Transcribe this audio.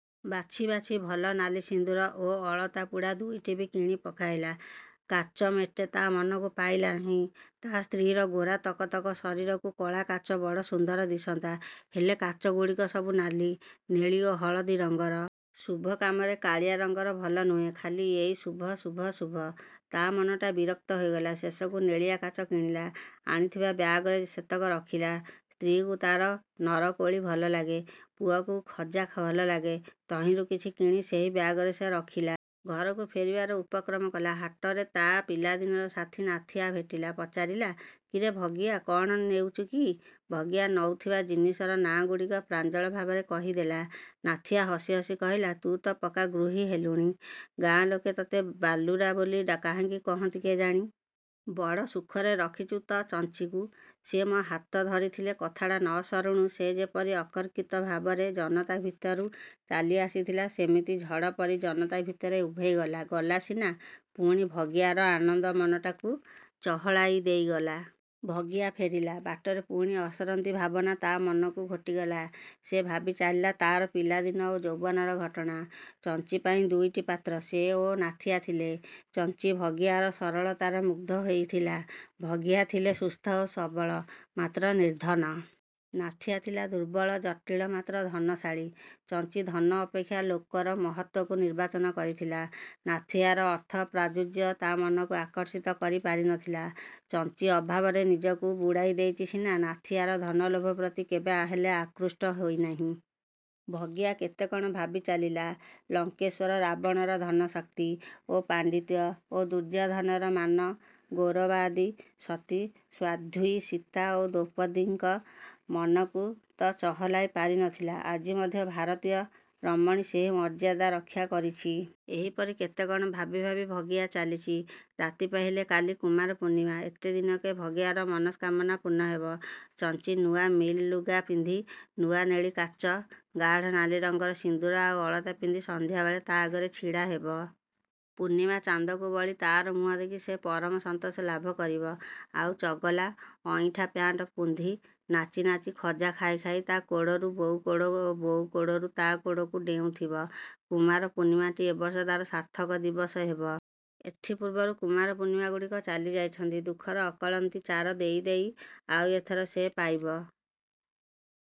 ବାଛି ବାଛି ଭଲ ନାଲି ସିନ୍ଦୂର ଓ ଅଳତା ପୁଡ଼ା ଦୁଇଟି ବି କିଣି ପକାଇଲା-। କାଚ ମେଟେ ତା ମନକୁ ପାଇଲା ନାହିଁ। ତା ସ୍ତ୍ରୀର ଗୋରା ତକ ତକ ଶରୀରକୁ କଳା କାଚ ବଡ଼ ସୁନ୍ଦର ଦିଶନ୍ତା। ହେଲେ କାଚ ଗୁଡ଼ିକ ସବୁ ନାଲି, ନେଳୀ ଓ ହଳଦୀ ରଙ୍ଗର। ଶୁଭ କାମରେ କାଳିଆ ରଙ୍ଗ ଭଲ ନୁହେଁ। ଖାଲି ଏଇ 'ଶୁଭ' 'ଶୁଭ' 'ଶୁଭ'। ତା ମନଟା ବିରକ୍ତ ହୋଇଗଲା-। ଶେଷକୁ ନେଳିଆ କାଚ କିଣିଲା। ଆଣିଥିବା ବ୍ୟାଗରେ ସେତକ ରଖିଲା! ସ୍ତ୍ରୀକୁ ତାର ନରକୋଳି ଭଲ ଲାଗେ। ପୁଅକୁ ଖଜା ଭଲ ଲାଗେ। ତହିଁରୁ କିଛି କିଣି ସେହି ବ୍ୟାଗରେ ସେ ରଖିଲା-। ଘରକୁ ଫେରିବାର ଉପକ୍ରମ କଲା। ହାଟରେ ତା ପିଲାଦିନର ସାଥୀ ନାଥିଆ ଭେଟିଲା। ପଚାରିଲା— କିରେ ଭଗିଆ, କ'ଣ ନେଉଚୁ କି? ଭଗିଆ ନଉଥିବା ଜିନିଷର ନା ଗୁଡ଼ିକ ପ୍ରାଞ୍ଜଳ ଭାବରେ କହିଦେଲା। ନାଥିଆ ହସି ହସି କହିଲା—ତୁ ତ ପକ୍କା ଗୃହୀ ହେଲୁଣି। ଗାଁ ଲୋକେ ତତେ ବାଲୁରା ବୋଲି କାହିଁକି କହନ୍ତି କେଜାଣି? ବଡ଼ ସୁଖରେ ରଖିଚୁ ତ ଚଞ୍ଚିକୁ। ସେ ମୋ ହାତ ଧରିଥିଲେ—କଥାଟା ନ ସରୁଣୁ ସେ ଯେପରି ଅକର୍କିତ ଭାବରେ ଜନତା ଭିତରୁ ଚାଲି ଆସିଥିଲା ସେମିତି ଝଡ଼ ପରି ଜନତା ଭିତରେ ଉଭେଇ ଗଲା। ଗଲା ସିନା, ପୁଣି ଭଗିଆର ଆନନ୍ଦ ମନଟାକୁ ଚହଲାଇ ଦେଇଗଲା। ଭଗିଆ ଫେରିଲା। ବାଟରେ ପୁଣି ଅସରନ୍ତି ଭାବନା ତା ମନକୁ ଘୋଟିଗଲା। ସେ ଭାବି ଚାଲିଲା ତା'ର ପିଲାଦିନ ଓ ଯୌବନର ଘଟଣା। ଚଞ୍ଚି ପାଇଁ ଦୁଇଟି ପାତ୍ର ସେ ଓ ନାଥିଆ ଥିଲେ। ଚଞ୍ଚି ଭଗିଆର ସରଳତାରେ ମୁଗ୍ଧ ହୋଇଥିଲା। ଭଗିଆ ଥିଲେ ସୁସ୍ଥ ଓ ସବଳ, ମାତ୍ର ନିର୍ଦ୍ଧନ। ନାଥିଆ ଥିଲା ଦୁର୍ବଳ, ଜଟିଳ ମାତ୍ର ଧନଶାଳୀ। ଚଞ୍ଚି ଧନ ଅପେକ୍ଷା ଲୋକର ମହତ୍ୱକୁ ନିର୍ବାଚନ କରିଥିଲା। ନାଥିଆର ଅର୍ଥ ପ୍ରାଚୁର୍ଯ୍ୟ ତା ମନକୁ ଆକର୍ଷିତ କରି ପାରି ନ ଥିଲା। ଚଞ୍ଚି ଅଭାବରେ ନିଜକୁ ବୁଡ଼ାଇ ଦେଇଚି ସିନା ନାଥିଆର ଧନ ଲୋଭ ପ୍ରତି କେବେ ହେଲେ ଆକୃଷ୍ଟ ହୋଇନାହିଁ। ଭଗିଆ କେତେ କ'ଣ ଭାବି ଚାଲିଲା। ଲଙ୍କେଶ୍ୱର ରାବଣର ଧନ ଶକ୍ତି ଓ ଫାଣ୍ଡିତ୍ୟ ଓ ଦୁର୍ଯ୍ୟୋଧନର ମାନ, ଗୌରବ ଆଦି ସତୀ ସ୍ୱାଧ୍ୱୀ ସୀତା ଓ ଦ୍ରୌପଦୀଙ୍କ ମନକୁ ତ ଚହଲାଇ ପାରି ନ ଥିଲା। ଆଜି ମଧ୍ୟ ଭାରତୀୟ ରମଣୀ ସେହି ମର୍ଯ୍ୟାଦା ରକ୍ଷା କରିଚି। ଏହିପରି କେତେ କ'ଣ ଭାବି ଭାବି ଭାଗିଆ ଚାଲିଚି। ରାତି ପାହିଲେ କାଲି କୁମାର ପୂର୍ଣ୍ଣିମା। ଏତେ ଦିନକେ ଭଗିଆର ମନସ୍କାମନା ପୂର୍ଣ୍ଣ ହେବ। ଚଞ୍ଚି ନୂଆ ମିଲ୍ ଲୁଗା ପିନ୍ଧି, ନୂଆ। ନେଳି କାଚ, ଗାଢ଼ ନାଲି ରଙ୍ଗର ସିନ୍ଦୂର ଆଉ ଅଳତା ପିନ୍ଧି ସନ୍ଧ୍ୟାବେଳେ ତା ଆଗରେ ଛିଡ଼ା ହେବ। ପୂର୍ଣ୍ଣିମା ଚାନ୍ଦକୁ ବଳି ତାର ମୁହଁ ଦେଖି ସେ ପରମ ସନ୍ତୋଷ ଲାଭକରିବ। ଆଉ ଚଗଲା, ଅଇଁଠା ପ୍ୟାଣ୍ଟ ପୁନ୍ଧି ନାଚି ନାଚି ଖଜା ଖାଇ ଖାଇ ତା କୋଡ଼ରୁ ବୋଉ କୋଡ଼ ଓ ବୋଉ କୋଡ଼ରୁ ତା କୋଡ଼କୁ ଡେଉଁଥିବ। କୁମାର ପୂର୍ଣ୍ଣିମାଟି ଏବର୍ଷ ତାର ସାର୍ଥକ ଦିବସ ହେବ। ଏଥି ପୂର୍ବରୁ କୁମାର ପୂର୍ଣ୍ଣିମା ଗୁଡ଼ିକ ଚାଲିଯାଇଛନ୍ତି ଦୁଃଖର ଅକଳନ୍ତି ଚାର ଦେଇ ଦେଇ ଆଉ ଏଥର ସେ ପାଇବ